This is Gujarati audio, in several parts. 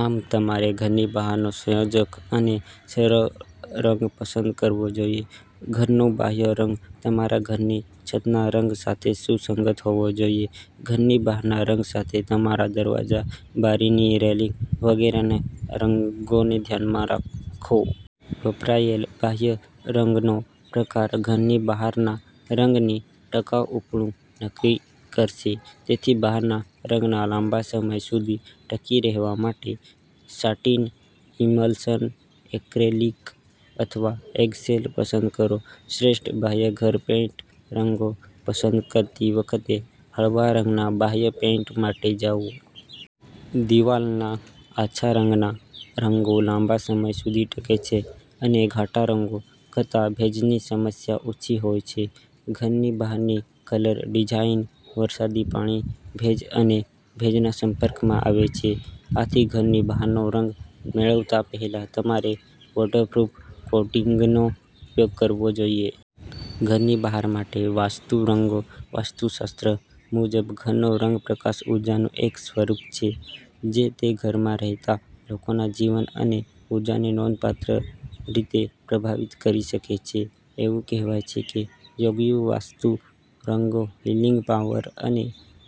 આમ, તમારે ઘરની બહારનો સંયોજક અને સરળ રંગ પસંદ કરવો જોઈએ. ઘરનો બાહ્ય રંગ તમારા ઘરની છતના રંગ સાથે સુસંગત હોવો જોઈએ. ઘરની બહારના રંગ સાથે તમારા દરવાજા, બારીની રેલિંગ વગેરેના રંગોને ધ્યાનમાં રાખો. વપરાયેલ બાહ્ય રંગનો પ્રકાર ઘરની બહારના રંગની ટકાઉપણું નક્કી કરશે. તેથી, બહારના રંગના લાંબા સમય સુધી ટકી રહેવા માટે સાટિન, ઇમલ્સન, એક્રેલિક અથવા એગશેલ પસંદ કરો. શ્રેષ્ઠ બાહ્ય ઘર પેઇન્ટ રંગો પસંદ કરતી વખતે હળવા રંગના બાહ્ય પેઇન્ટ માટે જાઓ. દીવાલના આછા રંગના રંગો લાંબા સમય સુધી ટકે છે અને ઘાટા રંગો કરતાં ભેજની સમસ્યા ઓછી હોય છે. ઘરની બહારની કલર ડિઝાઈન વરસાદી પાણી, ભેજ અને ભેજના સંપર્કમાં આવે છે. આથી, ઘરની બહારનો રંગ મેળવતા પહેલા તમારે વોટરપ્રૂફ કોટિંગનો ઉપયોગ કરવો જોઈએ. ઘરની બહાર માટે વાસ્તુ રંગો વાસ્તુશાસ્ત્ર મુજબ, ઘરનો રંગપ્રકાશ ઊર્જાનું એક સ્વરૂપ છે જે તે ઘરમાં રહેતા લોકોના જીવન અને ઊર્જાને નોંધપાત્ર રીતે પ્રભાવિત કરી શકે છે. એવું કહેવાય છે કે યોગ્ય વાસ્તુ રંગો હીલિંગ પાવર અને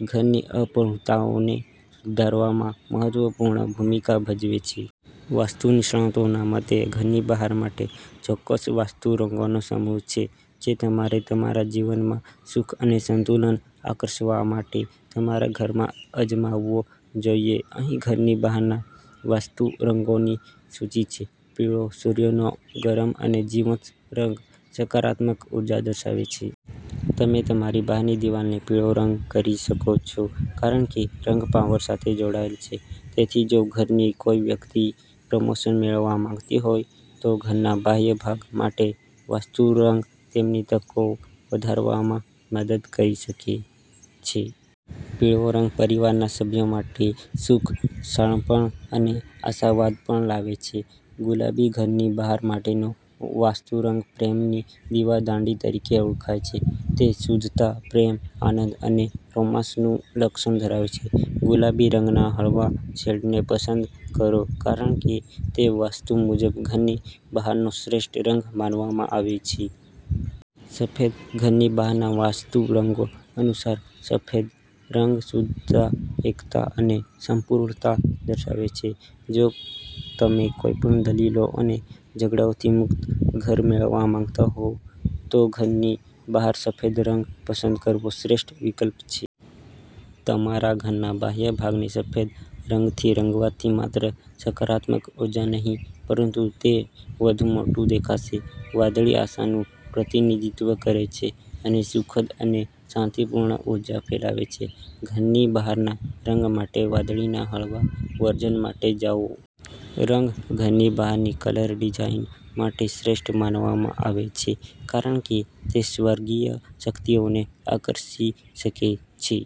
ઘરની અપૂર્ણતાઓને સુધારવામાં મહત્વપૂર્ણ ભૂમિકા ભજવે છે. વાસ્તુ નિષ્ણાતોના મતે, ઘરની બહાર માટે ચોક્કસ વાસ્તુ રંગોનો સમૂહ છે જે તમારે તમારા જીવનમાં સુખ અને સંતુલન આકર્ષવા માટે તમારા ઘરમાં અજમાવવો જોઈએ. અહીં ઘરની બહારના વાસ્તુ રંગોની સૂચિ છે. પીળો, સૂર્યનો ગરમ અને જીવંત રંગ, સકારાત્મક ઉર્જા દર્શાવે છે. તમે તમારી બહારની દિવાલને પીળો રંગ કરી શકો છો કારણ કે રંગ પાવર સાથે જોડાયેલ છે. તેથી જો ઘરની કોઈ વ્યક્તિ પ્રમોશન મેળવવા માંગતી હોય, તો ઘરના બાહ્ય ભાગ માટે વાસ્તુ રંગ તેમની તકો વધારવામાં મદદ કરી શકે છે. પીળો રંગ પરિવારના સભ્યો માટે સુખ, શાણપણ અને આશાવાદ પણ લાવે છે. ગુલાબી ઘરની બહાર માટેનો વાસ્તુ રંગ પ્રેમની દીવાદાંડી તરીકે ઓળખાય છે. તે શુદ્ધતા, પ્રેમ, આનંદ અને રોમાંસનું લક્ષણ ધરાવે છે. ગુલાબી રંગના હળવા શેડને પસંદ કરો કારણ કે તે વાસ્તુ મુજબ ઘરની બહારનો શ્રેષ્ઠ રંગ માનવામાં આવે છે. સફેદ ઘરની બહારના વાસ્તુ રંગો અનુસાર, સફેદ રંગ શુદ્ધતા, એકતા અને સંપૂર્ણતા દર્શાવે છે. જો તમે કોઈપણ દલીલો અને ઝઘડાઓથી મુક્ત ઘર મેળવવા માંગતા હો, તો ઘરની બહાર સફેદ રંગ પસંદ કરવો શ્રેષ્ઠ વિકલ્પ છે. તમારા ઘરના બાહ્ય ભાગને સફેદ રંગથી રંગવાથી માત્ર સકારાત્મક ઉર્જા નહીં પરંતુ તે વધુ મોટું દેખાશે. વાદળી આશાનું પ્રતિનિધિત્વ કરે છે અને સુખદ અને શાંતિપૂર્ણ ઊર્જા ફેલાવે છે. ઘરની બહારના રંગ માટે વાદળીના હળવા વર્ઝન માટે જાઓ. રંગ ઘરની બહારની કલર ડિઝાઇન માટે શ્રેષ્ઠ માનવામાં આવે છે કારણ કે તે સ્વર્ગીય શક્તિઓને આકર્ષી શકે છે.